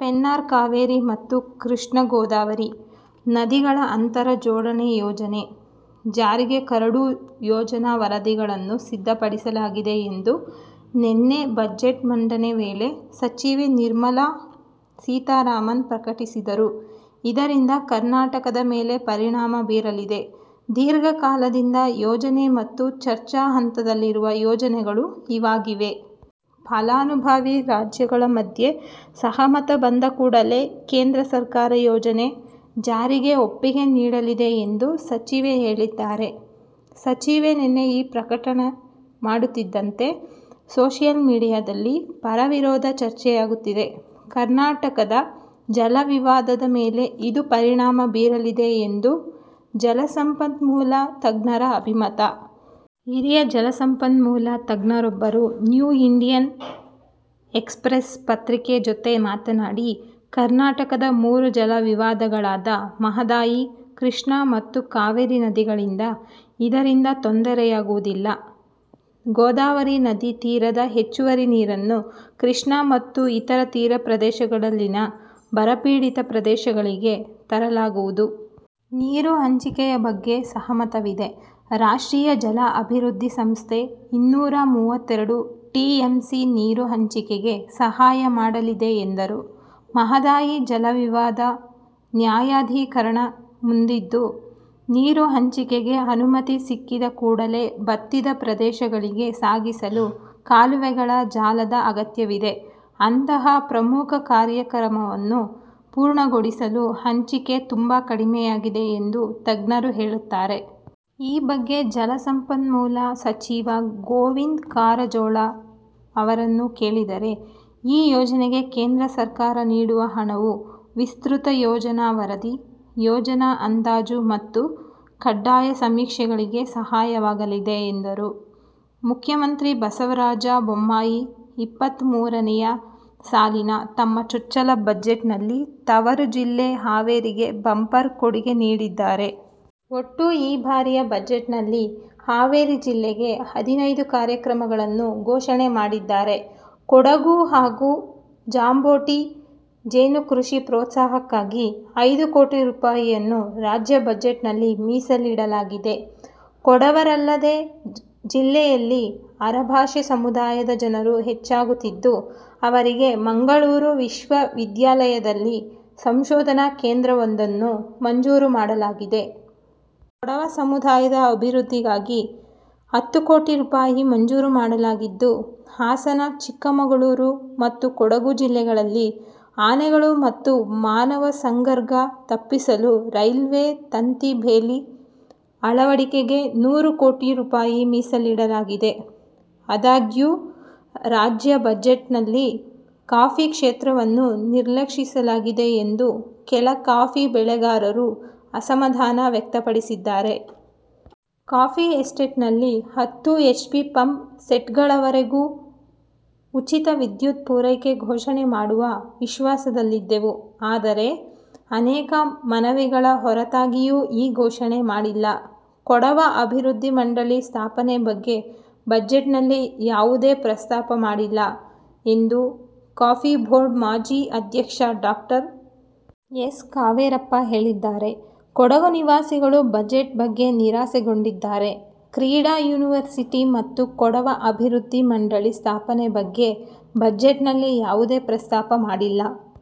ಪೆನ್ನಾರ್-ಕಾವೇರಿ ಮತ್ತು ಕೃಷ್ಣಾ-ಗೋದಾವರಿ ನದಿಗಳ ಅಂತರ ಜೋಡಣೆ ಯೋಜನೆ ಜಾರಿಗೆ ಕರಡು ಯೋಜನಾ ವರದಿಗಳನ್ನು ಸಿದ್ದಪಡಿಸಲಾಗಿದೆ ಎಂದು ನಿನ್ನೆ ಬಜೆಟ್ ಮಂಡನೆ ವೇಳೆ ಸಚಿವೆ ನಿರ್ಮಲಾ ಸೀತಾರಾಮನ್ ಪ್ರಕಟಿಸಿದ್ದರು. ಇದರಿಂದ ಕರ್ನಾಟಕದ ಮೇಲೆ ಪರಿಣಾಮ ಬೀರಲಿದೆ. ದೀರ್ಘ ಕಾಲದಿಂದ ಯೋಜನೆ ಮತ್ತು ಚರ್ಚಾ ಹಂತದಲ್ಲಿರುವ ಯೋಜನೆಗಳು ಇವಾಗಿವೆ. ಫಲಾನುಭವಿ ರಾಜ್ಯಗಳ ಮಧ್ಯೆ ಸಹಮತ ಬಂದ ಕೂಡಲೇ ಕೇಂದ್ರ ಸರ್ಕಾರ ಯೋಜನೆ ಜಾರಿಗೆ ಒಪ್ಪಿಗೆ ನೀಡಲಿದೆ ಎಂದು ಸಚಿವೆ ಹೇಳಿದ್ದಾರೆ. ಸಚಿವೆ ನಿನ್ನೆ ಈ ಪ್ರಕಟಣೆ ಮಾಡುತ್ತಿದ್ದಂತೆ ಸೋಷಿಯಲ್ ಮೀಡಿಯಾದಲ್ಲಿ ಪರ-ವಿರೋಧ ಚರ್ಚೆಯಾಗುತ್ತಿದೆ. ಕರ್ನಾಟಕದ ಜಲ ವಿವಾದದ ಮೇಲೆ ಇದು ಪರಿಣಾಮ ಬೀರಲಿದೆ ಎಂದು ಜಲಸಂಪನ್ಮೂಲ ತಜ್ಞರ ಅಭಿಮತ. ಹಿರಿಯ ಜಲ ಸಂಪನ್ಮೂಲ ತಜ್ಞರೊಬ್ಬರು ನ್ಯೂ ಇಂಡಿಯನ್ ಎಕ್ಸ್ಪ್ರೆಸ್ ಪತ್ರಿಕೆ ಜೊತೆ ಮಾತನಾಡಿ, ಕರ್ನಾಟಕದ ಮೂರು ಜಲ ವಿವಾದಗಳಾದ ಮಹಾದಾಯಿ, ಕೃಷ್ಣ ಮತ್ತು ಕಾವೇರಿ ನದಿಗಳಿಂದ ಇದರಿಂದ ತೊಂದರೆಯಾಗುವುದಿಲ್ಲ. ಗೋದಾವರಿ ನದಿ ತೀರದ ಹೆಚ್ಚುವರಿ ನೀರನ್ನು ಕೃಷ್ಣ ಮತ್ತು ಇತರ ತೀರ ಪ್ರದೇಶಗಳಲ್ಲಿನ ಬರಪೀಡಿತ ಪ್ರದೇಶಗಳಿಗೆ ತರಲಾಗುವುದು. ನೀರು ಹಂಚಿಕೆಯ ಬಗ್ಗೆ ಸಹಮತವಿದೆ. ರಾಷ್ಟ್ರೀಯ ಜಲ ಅಭಿವೃದ್ಧಿ ಸಂಸ್ಥೆ ಇನ್ನೂರಾ ಮೂವತ್ತೆರಡು ಟಿಎಂಸಿ ನೀರು ಹಂಚಿಕೆಗೆ ಸಹಾಯ ಮಾಡಲಿದೆ ಎಂದರು. ಮಹಾದಾಯಿ ಜಲ ವಿವಾದ ನ್ಯಾಯಾಧೀಕರಣ ಮುಂದಿದ್ದು, ನೀರು ಹಂಚಿಕೆಗೆ ಅನುಮತಿ ಸಿಕ್ಕಿದ ಕೂಡಲೇ ಬತ್ತಿದ ಪ್ರದೇಶಗಳಿಗೆ ಸಾಗಿಸಲು ಕಾಲುವೆಗಳ ಜಾಲದ ಅಗತ್ಯವಿದೆ. ಅಂತಹ ಪ್ರಮುಖ ಕಾರ್ಯಕ್ರಮವನ್ನು ಪೂರ್ಣಗೊಳಿಸಲು ಹಂಚಿಕೆ ತುಂಬಾ ಕಡಿಮೆಯಾಗಿದೆ ಎಂದು ತಜ್ಞರು ಹೇಳುತ್ತಾರೆ. ಈ ಬಗ್ಗೆ ಜಲಸಂಪನ್ಮೂಲ ಸಚಿವ ಗೋವಿಂದ ಕಾರಜೋಳ ಅವರನ್ನು ಕೇಳಿದರೆ ಈ ಯೋಜನೆಗೆ ಕೇಂದ್ರ ಸರ್ಕಾರ ನೀಡುವ ಹಣವು ವಿಸ್ತೃತ ಯೋಜನಾ ವರದಿ, ಯೋಜನಾ ಅಂದಾಜು ಮತ್ತು ಕಡ್ಡಾಯ ಸಮೀಕ್ಷೆಗಳಿಗೆ ಸಹಾಯವಾಗಲಿದೆ ಎಂದರು. ಮುಖ್ಯಮಂತ್ರಿ ಬಸವರಾಜ ಬೊಮ್ಮಾಯಿ ಇಪ್ಪತ್ತ ಮೂರನೇ ಸಾಲಿನ ತಮ್ಮ ಚೊಚ್ಚಲ ಬಜೆಟ್ ನಲ್ಲಿ ತವರು ಜಿಲ್ಲೆ ಹಾವೇರಿಗೆ ಬಂಪರ್ ಕೊಡುಗೆ ನೀಡಿದ್ದಾರೆ. ಒಟ್ಟು ಈ ಬಾರಿಯ ಬಜೆಟ್ ನಲ್ಲಿ ಹಾವೇರಿ ಜಿಲ್ಲೆಗೆ ಹದಿನೈದು ಕಾರ್ಯಕ್ರಮಗಳನ್ನು ಘೋಷಣೆ ಮಾಡಿದ್ದಾರೆ. ಕೊಡಗು ಮತ್ತು ಜಾಂಬೋಟಿ ಜೇನು ಕೃಷಿ ಪ್ರೋತ್ಸಾಹಕ್ಕಾಗಿ ಐದು ಕೋಟಿ ರುಪಾಯಿಯನ್ನು ರಾಜ್ಯ ಬಜೆಟ್ ನಲ್ಲಿ ಮೀಸಲಿಡಲಾಗಿದೆ. ಕೊಡವರಲ್ಲದೇ, ಜಿಲ್ಲೆಯಲ್ಲಿ ಅರೆಭಾಷೆ ಸಮುದಾಯದ ಜನರು ಹೆಚ್ಚಾಗುತ್ತಿದ್ದು, ಅವರಿಗೆ ಮಂಗಳೂರು ವಿಶ್ವವಿದ್ಯಾಲಯದಲ್ಲಿ ಸಂಶೋಧನಾ ಕೇಂದ್ರವೊಂದನ್ನು ಮಂಜೂರು ಮಾಡಲಾಗಿದೆ. ಕೊಡವ ಸಮುದಾಯದ ಅಭಿವೃದ್ಧಿಗಾಗಿ ಹತ್ತು ಕೋಟಿ ರುಪಾಯಿ ಮಂಜೂರು ಮಾಡಲಾಗಿದ್ದು, ಹಾಸನ, ಚಿಕ್ಕಮಗಳೂರು ಮತ್ತು ಕೊಡಗು ಜಿಲ್ಲೆಗಳಲ್ಲಿ ಆನೆಗಳು ಮತ್ತು ಮಾನವ ಸಂಘರ್ಘ ತಪ್ಪಿಸಲು ರೈಲ್ವೆ ತಂತಿ ಬೇಲಿ ಅಳವಡಿಕೆಗೆ ನೂರು ಕೋಟಿ ರುಪಾಯಿ ಮೀಸಲಿಡಲಾಗಿದೆ. ಆದಾಗ್ಯೂ, ರಾಜ್ಯ ಬಜೆಟ್ ನಲ್ಲಿ ಕಾಫಿ ಕ್ಷೇತ್ರವನ್ನು ನಿರ್ಲಕ್ಷಿಸಲಾಗಿದೆ ಎಂದು ಕೆಲ ಕಾಫಿ ಬೆಳೆಗಾರರು ಅಸಮಾಧಾನ ವ್ಯಕ್ತಪಡಿಸಿದ್ದಾರೆ. ಕಾಫಿ ಎಸ್ಟೇಟ್ ನಲ್ಲಿ ಹತ್ತು ಹೆಚ್ ಪಿ ಪಂಪ್ ಸೆಟ್ ಗಳವರೆಗೂ ಉಚಿತ ವಿದ್ಯುತ್ ಪೂರೈಕೆ ಘೋಷಣೆ ಮಾಡುವ ವಿಶ್ವಾಸದಲ್ಲಿದ್ದೆವು. ಆದರೆ, ಅನೇಕ ಮನವಿಗಳ ಹೊರತಾಗಿಯೂ ಈ ಘೋಷಣೆ ಮಾಡಿಲ್ಲ, ಕೊಡವ ಅಭಿವೃದ್ಧಿ ಮಂಡಳಿ ಸ್ಥಾಪನೆ ಬಗ್ಗೆ ಬಜೆಟ್ ನಲ್ಲಿ ಯಾವುದೇ ಪ್ರಸ್ತಾಪ ಮಾಡಿಲ್ಲ ಎಂದು ಕಾಫಿ ಬೋರ್ಡ್ ಮಾಜಿ ಅಧ್ಯಕ್ಷ ಡಾ. ಎಸ್. ಕಾವೇರಪ್ಪ ಹೇಳಿದ್ದಾರೆ. ಕೊಡಗು ನಿವಾಸಿಗಳು ಬಜೆಟ್ ಬಗ್ಗೆ ನಿರಾಸೆಗೊಂಡಿದ್ದಾರೆ. ಕ್ರೀಡಾ ಯೂನಿವರ್ಸಿಟಿ ಮತ್ತು ಕೊಡವ ಅಭಿವೃದ್ಧಿ ಮಂಡಳಿ ಸ್ಥಾಪನೆ ಬಗ್ಗೆ ಬಜೆಟ್ ನಲ್ಲಿ ಯಾವುದೇ ಪ್ರಸ್ತಾಪ ಮಾಡಿಲ್ಲ.